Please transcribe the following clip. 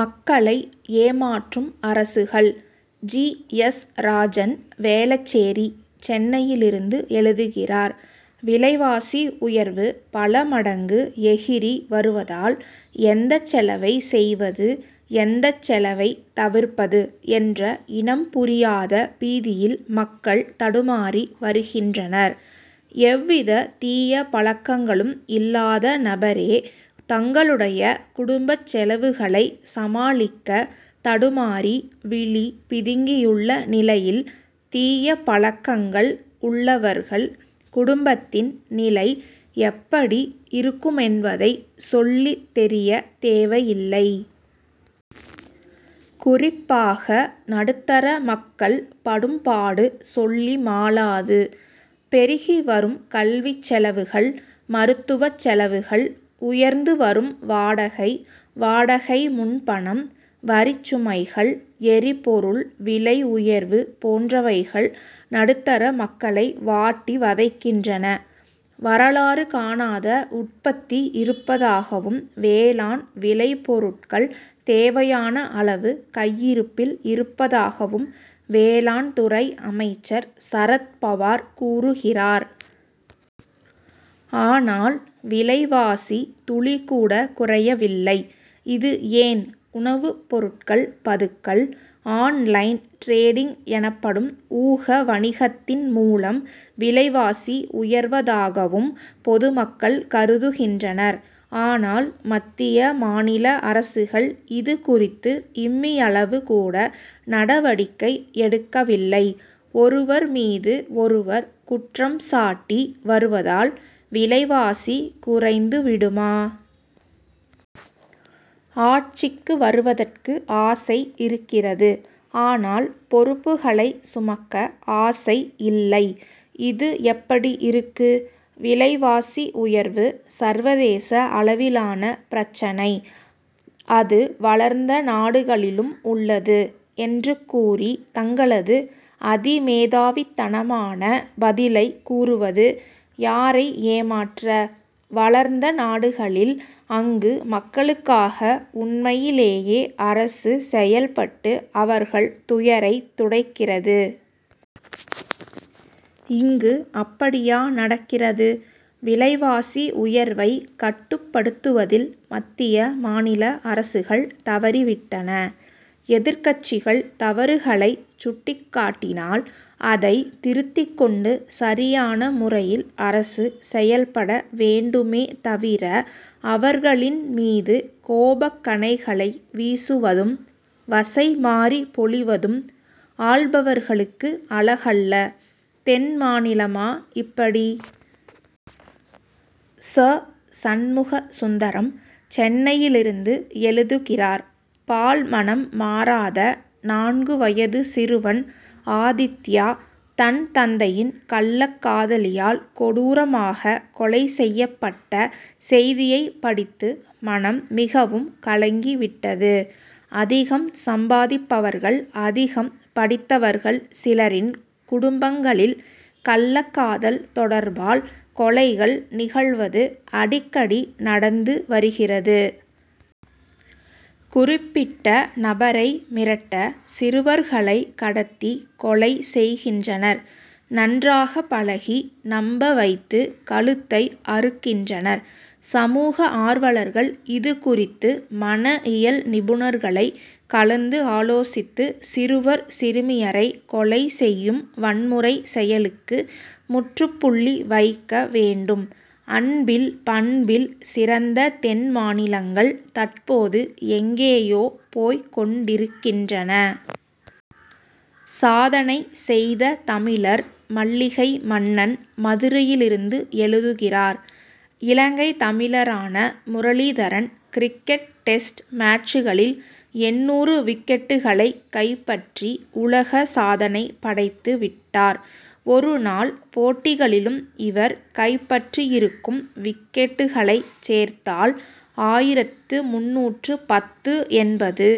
மக்களை ஏமாற்றும் அரசுகள்! ஜி. எஸ். ராஜன், வேளச்சேரி, சென்னையிலிருந்து எழுதுகிறார்: விலைவாசி உயர்வு பல மடங்கு எகிறி வருவதால், எந்தச் செலவை செய்வது, எந்தச் செலவைத் தவிர்ப்பது என்ற இனம் புரியாத பீதியில் மக்கள் தடுமாறி வருகின்றனர். எவ்வித தீய பழக்கங்களும் இல்லாத நபரே, தங்களுடைய குடும்பச் செலவுகளை சமாளிக்க தடுமாறி, விழி பிதுங்கியுள்ள நிலையில், தீயபழக்கங்கள் உள்ளவர்கள் குடும்பத்தின் நிலை எப்படி இருக்குமென்பதை சொல்லித் தெரிய தேவையில்லை. குறிப்பாக, நடுத்தர மக்கள் படும்பாடு சொல்லிமாளாது. பெருகி வரும் கல்விச் செலவுகள், மருத்துவச் செலவுகள், உயர்ந்து வரும் வாடகை, வாடகை முன்பணம், வரிச் சுமைகள், எரிபொருள் விலை உயர்வு போன்றவைகள், நடுத்தர மக்களை வாட்டி வதைக்கின்றன. வரலாறு காணாத உட்பத்தி இருப்பதாகவும், வேளாண் விளை பொருட்கள் தேவையான அளவு கையிருப்பில் இருப்பதாகவும், வேளாண் துறை அமைச்சர் சரத்பவார் கூறுகிறார். ஆனால், விலைவாசி துளிகூட குறையவில்லை. இது ஏன்? உணவுப் பொருட்கள் பதுக்கல், ஆன்-லைன் டிரேடிங் எனப்படும் ஊக வணிகத்தின் மூலம், விலைவாசி உயர்வதாகவும் பொதுமக்கள் கருதுகின்றனர். ஆனால், மத்திய, மாநில அரசுகள், இது குறித்து இம்மியளவு கூட நடவடிக்கை எடுக்கவில்லை. ஒருவர் மீது ஒருவர் குற்றம் சாட்டி வருவதால், விலைவாசி குறைந்து விடுமா? ஆட்சிக்கு வருவதற்கு ஆசை இருக்கிறது; ஆனால், பொறுப்புகளை சுமக்க ஆசை இல்லை. இது எப்படி இருக்கு? "விலைவாசி உயர்வு, சர்வதேச அளவிலான பிரச்சனை. அது வளர்ந்த நாடுகளிலும் உள்ளது' என்று கூறி, தங்களது அதிமேதாவித்தனமான பதிலைக் கூறுவது, யாரை ஏமாற்ற? வளர்ந்த நாடுகளில், அங்கு மக்களுக்காக உண்மையிலேயே அரசு செயல்பட்டு, அவர்கள் துயரைத் துடைக்கிறது. இங்கு அப்படியா நடக்கிறது? விலைவாசி உயர்வைக் கட்டுப்படுத்துவதில், மத்திய, மாநில அரசுகள் தவறி விட்டன. எதிர்க்கட்சிகள் தவறுகளைச் சுட்டிக் காட்டினால், அதைத் திருத்திக் கொண்டு சரியான முறையில் அரசு செயல்பட வேண்டுமே தவிர, அவர்களின் மீது கோபக்கணைகளை வீசுவதும், வசைமாரி பொழிவதும், ஆள்பவர்களுக்கு அழகல்ல. தென் மாநிலமா இப்படி! ச. சண்முக சுந்தரம், சென்னையிலிருந்து எழுதுகிறார்: பால் மணம் மாறாத, நான்கு வயது சிறுவன் ஆதித்யா, தன் தந்தையின் கள்ளக் காதலியால் கொடூரமாக கொலை செய்யப்பட்ட செய்தியை படித்து, மனம் மிகவும் கலங்கி விட்டது. அதிகம் சம்பாதிப்பவர்கள், அதிகம் படித்தவர்கள் சிலரின் குடும்பங்களில், கள்ளக்காதல் தொடர்பால், கொலைகள் நிகழ்வது அடிக்கடி நடந்து வருகிறது. குறிப்பிட்ட நபரை மிரட்ட சிறுவர்களை கடத்தி கொலை செய்கின்றனர். நன்றாக பழகி, நம்ப வைத்து கழுத்தை அறுக்கின்றனர். சமூக ஆர்வலர்கள் இது குறித்து, மன இயல் நிபுணர்களை கலந்து ஆலோசித்து, சிறுவர், சிறுமியரை கொலை செய்யும் வன்முறை செயலுக்கு முற்றுப்புள்ளி வைக்க வேண்டும். அன்பில், பண்பில் சிறந்த தென் மாநிலங்கள், தற்போது எங்கேயோ போய்க் கொண்டிருக்கின்றன. சாதனை செய்த தமிழர்! மல்லிகை மன்னன், மதுரையிலிருந்து எழுதுகிறார்: இலங்கைத் தமிழரான முரளிதரன், கிரிக்கெட் டெஸ்ட் மேட்சுகளில் எண்ணூறு விக்கெட்டுகளைக் கைப்பற்றி, உலக சாதனை படைத்து விட்டார். ஒரு நாள் போட்டிகளிலும் இவர் கைப்பற்றியிருக்கும் விக்கெட்டுகளைச் சேர்த்தால், ஆயிரத்து முந்நூற்று பத்து என்பது